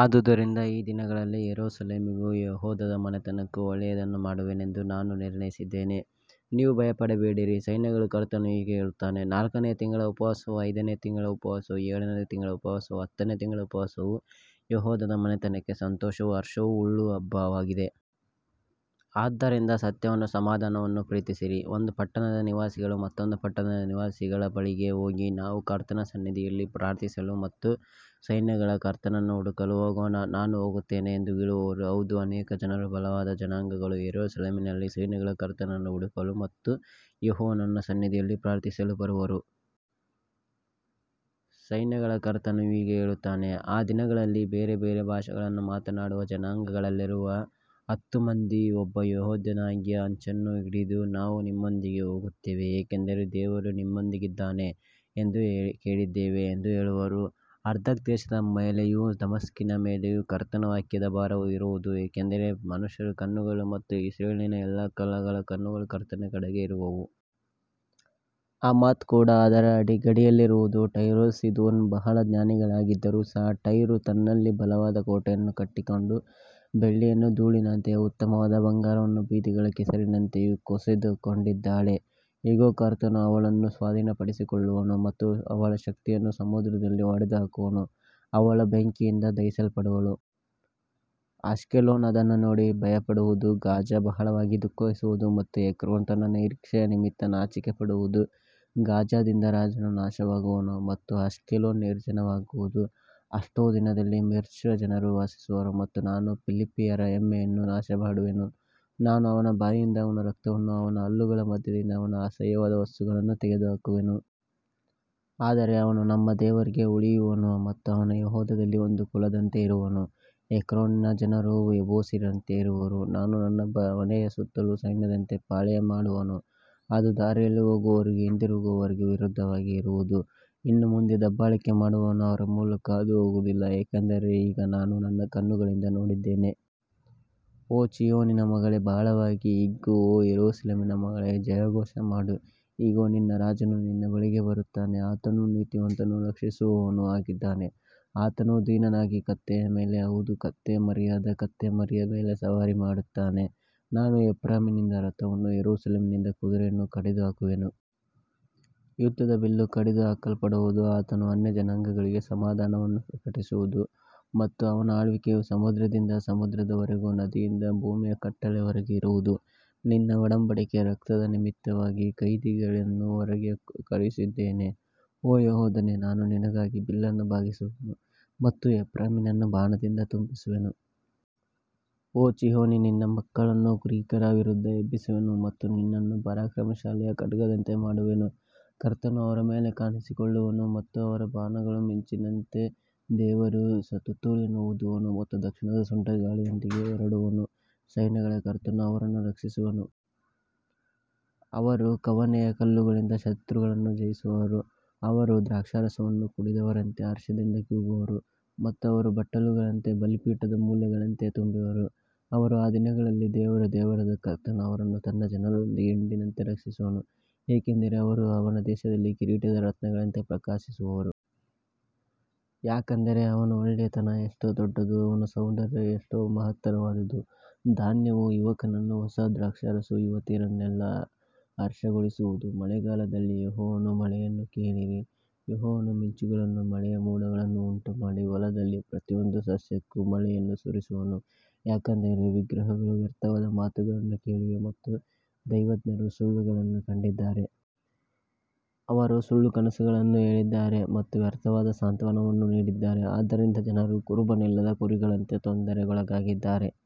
ಆದುದರಿಂದ ಈ ದಿನಗಳಲ್ಲಿ ಯೆರೂಸಲೇಮಿಗೂ ಯೆಹೂದದ ಮನೆತನಕ್ಕೂ ಒಳ್ಳೆಯದನ್ನು ಮಾಡುವೆನೆಂದು ನಾನು ನಿರ್ಣಯಿಸಿದ್ದೇನೆ. ನೀವು ಭಯಪಡಬೇಡಿರಿ. ಸೈನ್ಯಗಳ ಕರ್ತನು ಹೀಗೆ ಹೇಳುತ್ತಾನೆ, ನಾಲ್ಕನೆಯ ತಿಂಗಳ ಉಪವಾಸವೂ, ಐದನೆಯ ತಿಂಗಳ ಉಪವಾಸವೂ, ಏಳನೆಯ ತಿಂಗಳ ಉಪವಾಸವೂ, ಹತ್ತನೆಯ ತಿಂಗಳ ಉಪವಾಸವೂ ಯೆಹೂದದ ಮನೆತನಕ್ಕೆ ಸಂತೋಷವೂ ಹರ್ಷವೂ ಉಳ್ಳ ಹಬ್ಬಗಳಾಗುವವು. ಆದ್ದರಿಂದ ಸತ್ಯವನ್ನೂ ಸಮಾಧಾನವನ್ನೂ ಪ್ರೀತಿಸಿರಿ. ಒಂದು ಪಟ್ಟಣದ ನಿವಾಸಿಗಳು ಮತ್ತೊಂದು ಪಟ್ಟಣದ ನಿವಾಸಿಗಳ ಬಳಿಗೆ ಹೋಗಿ, ನಾವು ಕರ್ತನ ಸನ್ನಿಧಿಯಲ್ಲಿ ಪ್ರಾರ್ಥಿಸಲು ಮತ್ತು ಸೈನ್ಯಗಳ ಕರ್ತನನ್ನು ಹುಡುಕಲು ಹೋಗೋಣ, ನಾನೂ ಹೋಗುತ್ತೇನೆ ಎಂದು ಹೇಳುವರು. ಹೌದು, ಅನೇಕ ಜನರೂ ಬಲವಾದ ಜನಾಂಗಗಳೂ ಯೆರೂಸಲೇಮಿನಲ್ಲಿ ಸೈನ್ಯಗಳ ಕರ್ತನನ್ನು ಹುಡುಕಲು ಮತ್ತು ಯೆಹೋವನ ಸನ್ನಿಧಿಯಲ್ಲಿ ಪ್ರಾರ್ಥಿಸಲು ಬರುವರು. ಸೈನ್ಯಗಳ ಕರ್ತನು ಹೀಗೆ ಹೇಳುತ್ತಾನೆ, ಆ ದಿನಗಳಲ್ಲಿ ಬೇರೆ ಬೇರೆ ಭಾಷೆಗಳನ್ನು ಮಾತನಾಡುವ ಜನಾಂಗಗಳಲ್ಲಿರುವ ಹತ್ತು ಮಂದಿ ಒಬ್ಬ ಯೆಹೂದ್ಯನ ಅಂಗಿಯ ಅಂಚನ್ನು ಹಿಡಿದು, ನಾವು ನಿಮ್ಮೊಂದಿಗೆ ಹೋಗುತ್ತೇವೆ, ಏಕೆಂದರೆ ದೇವರು ನಿಮ್ಮೊಂದಿಗಿದ್ದಾನೆ ಎಂದು ಕೇಳಿದ್ದೇವೆ ಎಂದು ಹೇಳುವರು. ಹದ್ರಕ್ ದೇಶದ ಮೇಲೆಯೂ ದಮಸ್ಕಸ್ಸಿನ ಮೇಲೆಯೂ ಕರ್ತನ ವಾಕ್ಯದ ಭಾರವು ಇರುವುದು, ಏಕೆಂದರೆ ಮನುಷ್ಯರ ಕಣ್ಣುಗಳು ಮತ್ತು ಇಸ್ರಾಯೇಲಿನ ಎಲ್ಲಾ ಕುಲಗಳ ಕಣ್ಣುಗಳು ಕರ್ತನ ಕಡೆಗೆ ಇರುವವು. ಹಮಾತ್ ಕೂಡ ಅದರ ಗಡಿಯಲ್ಲಿರುವುದು. ಟೈರೂಸೂ ಸೀದೋನೂ ಬಹಳ ಜ್ಞಾನಿಗಳಾಗಿದ್ದರೂ ಸಹ, ಟೈರೂ ತನ್ನಲ್ಲಿ ಬಲವಾದ ಕೋಟೆಯನ್ನು ಕಟ್ಟಿಕೊಂಡು ಬೆಳ್ಳಿಯನ್ನು ಧೂಳಿನಂತೆಯೂ ಉತ್ತಮವಾದ ಬಂಗಾರವನ್ನು ಬೀದಿಗಳ ಕೆಸರಿನಂತೆಯೂ ಕೂಡಿಸಿಕೊಂಡಿದ್ದಾಳೆ. ಇಗೋ, ಕರ್ತನು ಅವಳನ್ನು ಸ್ವಾಧೀನಪಡಿಸಿಕೊಳ್ಳುವನು ಮತ್ತು ಅವಳ ಶಕ್ತಿಯನ್ನು ಸಮುದ್ರದಲ್ಲಿ ಹೊಡೆದುಹಾಕುವನು, ಅವಳು ಬೆಂಕಿಯಿಂದ ದಹಿಸಲ್ಪಡುವಳು. ಅಷ್ಕೆಲೋನ್ ಅದನ್ನು ನೋಡಿ ಭಯಪಡುವುದು, ಗಾಜಾ ಬಹಳವಾಗಿ ದುಃಖಿಸುವುದು ಮತ್ತು ಎಕ್ರೋನ್ ತನ್ನ ನಿರೀಕ್ಷೆಯ ನಿಮಿತ್ತ ನಾಚಿಕೆಪಡುವುದು. ಗಾಜಾದಿಂದ ರಾಜನು ನಾಶವಾಗುವನು ಮತ್ತು ಅಷ್ಕೆಲೋನ್ ನಿರ್ಜನವಾಗುವುದು. ಅಷ್ಡೋದಿನಲ್ಲಿ ಮಿಶ್ರಜನರು ವಾಸಿಸುವರು ಮತ್ತು ನಾನು ಫಿಲಿಷ್ಟಿಯರ ಹೆಮ್ಮೆಯನ್ನು ನಾಶಮಾಡುವೆನು. ನಾನು ಅವನ ಬಾಯಿಂದ ಅವನ ರಕ್ತವನ್ನೂ ಅವನ ಹಲ್ಲುಗಳ ಮಧ್ಯದಿಂದ ಅವನ ಅಸಹ್ಯವಾದ ವಸ್ತುಗಳನ್ನೂ ತೆಗೆದುಹಾಕುವೆನು. ಆದರೆ ಅವನು ನಮ್ಮ ದೇವರಿಗೆ ಉಳಿಯುವನು ಮತ್ತು ಅವನು ಯೆಹೂದದಲ್ಲಿ ಒಂದು ಕುಲದವನಂತೆ ಇರುವನು. ಎಕ್ರೋನಿನ ಜನರು ಯೆಬೂಸಿಯರಂತೆ ಇರುವವರು. ನಾನು ನನ್ನ ಮನೆಯ ಸುತ್ತಲೂ ಸೈನ್ಯದಂತೆ ಪಾಳೆಯ ಮಾಡುವೆನು, ಅದು ದಾರಿಯಲ್ಲಿ ಹೋಗುವವರಿಗೂ ಹಿಂದಿರುಗುವವರಿಗೂ ವಿರುದ್ಧವಾಗಿ ಇರುವುದು. ಇನ್ನು ಮುಂದೆ ದಬ್ಬಾಳಿಕೆ ಮಾಡುವವನು ಅವರ ಮೂಲಕ ಹಾದುಹೋಗುವುದಿಲ್ಲ, ಏಕೆಂದರೆ ಈಗ ನಾನು ನನ್ನ ಕಣ್ಣುಗಳಿಂದ ನೋಡಿದ್ದೇನೆ. ಓ ಚೀಯೋನಿನ ಮಗಳೇ, ಬಹಳವಾಗಿ ಹಿಗ್ಗು. ಓ ಯೆರೂಸಲೇಮಿನ ಮಗಳೇ, ಜಯಘೋಷ ಮಾಡು. ಇಗೋ, ನಿನ್ನ ರಾಜನು ನಿನ್ನ ಬಳಿಗೆ ಬರುತ್ತಾನೆ. ಆತನು ನೀತಿವಂತನೂ ರಕ್ಷಿಸುವವನೂ ಆಗಿದ್ದಾನೆ. ಆತನು ದೀನನಾಗಿ ಕತ್ತೆಯ ಮೇಲೆ, ಹೌದು, ಕತ್ತೆಯ ಮರಿಯಾದ ಕತ್ತೆಮರಿಯ ಮೇಲೆ ಸವಾರಿ ಮಾಡುತ್ತಾನೆ. ನಾನು ಎಫ್ರಾಯೀಮಿನಿಂದ ರಥವನ್ನೂ ಯೆರೂಸಲೇಮಿನಿಂದ ಕುದುರೆಯನ್ನೂ ಕಡಿದುಹಾಕುವೆನು. ಯುದ್ಧದ ಬಿಲ್ಲು ಕಡಿದುಹಾಕಲ್ಪಡುವುದು. ಆತನು ಅನ್ಯಜನಾಂಗಗಳಿಗೆ ಸಮಾಧಾನವನ್ನು ಪ್ರಕಟಿಸುವನು ಮತ್ತು ಅವನ ಆಳ್ವಿಕೆಯು ಸಮುದ್ರದಿಂದ ಸಮುದ್ರದವರೆಗೂ, ನದಿಯಿಂದ ಭೂಮಿಯ ಕಟ್ಟಕಡೆಯವರೆಗೂ ಇರುವದು. ನಿನ್ನ ಒಡಂಬಡಿಕೆಯ ರಕ್ತದ ನಿಮಿತ್ತವಾಗಿ ನಾನು ನೀರಿಲ್ಲದ ಹಳ್ಳದಿಂದ ನಿನ್ನ ಕೈದಿಗಳನ್ನು ಹೊರಗೆ ಕಳುಹಿಸಿದ್ದೇನೆ. ಓ ಯೆಹೂದನೇ, ನಾನು ನಿನಗಾಗಿ ಬಿಲ್ಲನ್ನು ಬಾಗಿಸುವೆನು ಮತ್ತು ಎಫ್ರಾಯೀಮನ್ನು ಬಾಣದಿಂದ ತುಂಬಿಸುವೆನು. ಓ ಚೀಯೋನೇ, ನಿನ್ನ ಮಕ್ಕಳನ್ನು ಗ್ರೀಕರ ವಿರುದ್ಧ ಎಬ್ಬಿಸುವೆನು ಮತ್ತು ನಿನ್ನನ್ನು ಪರಾಕ್ರಮಶಾಲಿಯ ಖಡ್ಗದಂತೆ ಮಾಡುವೆನು. ಕರ್ತನು ಅವರ ಮೇಲೆ ಕಾಣಿಸಿಕೊಳ್ಳುವನು ಮತ್ತು ಅವನ ಬಾಣವು ಮಿಂಚಿನಂತೆ ಹೊರಡುವುದು. ಕರ್ತನಾದ ದೇವರು ತುತ್ತೂರಿಯನ್ನು ಊದುವನು ಮತ್ತು ದಕ್ಷಿಣದ ಸುಂಟರಗಾಳಿಗಳೊಂದಿಗೆ ಹೊರಡುವನು. ಸೈನ್ಯಗಳ ಕರ್ತನು ಅವರನ್ನು ರಕ್ಷಿಸುವನು. ಅವರು ಕವಣೆಯ ಕಲ್ಲುಗಳಿಂದ ಶತ್ರುಗಳನ್ನು ಜಯಿಸುವರು. ಅವರು ದ್ರಾಕ್ಷಾರಸವನ್ನು ಕುಡಿದವರಂತೆ ಹರ್ಷದಿಂದ ಕೂಗುವರು ಮತ್ತು ಅವರು ಬಟ್ಟಲುಗಳಂತೆಯೂ ಬಲಿಪೀಠದ ಮೂಲೆಗಳಂತೆಯೂ ತುಂಬಿರುವರು. ಆ ದಿನದಲ್ಲಿ ಅವರ ದೇವರಾದ ಕರ್ತನು ಅವರನ್ನು ತನ್ನ ಜನರ ಹಿಂಡಿನಂತೆ ರಕ್ಷಿಸುವನು, ಏಕೆಂದರೆ ಅವರು ಅವನ ದೇಶದಲ್ಲಿ ಕಿರೀಟದ ರತ್ನಗಳಂತೆ ಪ್ರಕಾಶಿಸುವರು. ಯಾಕಂದರೆ ಅವನ ಒಳ್ಳೆಯತನ ಎಷ್ಟೋ ದೊಡ್ಡದು ಮತ್ತು ಅವನ ಸೌಂದರ್ಯ ಎಷ್ಟೋ ಮಹತ್ತರವಾದುದು. ಧಾನ್ಯವು ಯುವಕರನ್ನೂ ಹೊಸ ದ್ರಾಕ್ಷಾರಸವು ಯುವತಿಯರನ್ನೂ ಹರ್ಷಗೊಳಿಸುವುದು. ಮಳೆಗಾಲದಲ್ಲಿ ಯೆಹೋವನಲ್ಲಿ ಮಳೆಯನ್ನು ಕೇಳಿರಿ. ಯೆಹೋವನು ಮಿಂಚುಗಳನ್ನೂ ಮಳೆಯ ಮೋಡಗಳನ್ನೂ ಉಂಟುಮಾಡಿ ಹೊಲದಲ್ಲಿರುವ ಪ್ರತಿಯೊಂದು ಸಸ್ಯಕ್ಕೂ ಮಳೆಯನ್ನು ಸುರಿಸುವನು. ಯಾಕಂದರೆ ವಿಗ್ರಹಗಳು ವ್ಯರ್ಥವಾದ ಮಾತುಗಳನ್ನು ಹೇಳಿವೆ ಮತ್ತು ದೈವಜ್ಞರು ಸುಳ್ಳನ್ನು ಕಂಡಿದ್ದಾರೆ. ಅವರು ಸುಳ್ಳು ಕನಸುಗಳನ್ನು ಹೇಳಿದ್ದಾರೆ ಮತ್ತು ವ್ಯರ್ಥವಾದ ಸಾಂತ್ವನವನ್ನು ನೀಡಿದ್ದಾರೆ. ಆದ್ದರಿಂದ ಜನರು ಕುರುಬನಿಲ್ಲದ ಕುರಿಗಳಂತೆ ತೊಂದರೆಗೊಳಗಾಗಿದ್ದಾರೆ.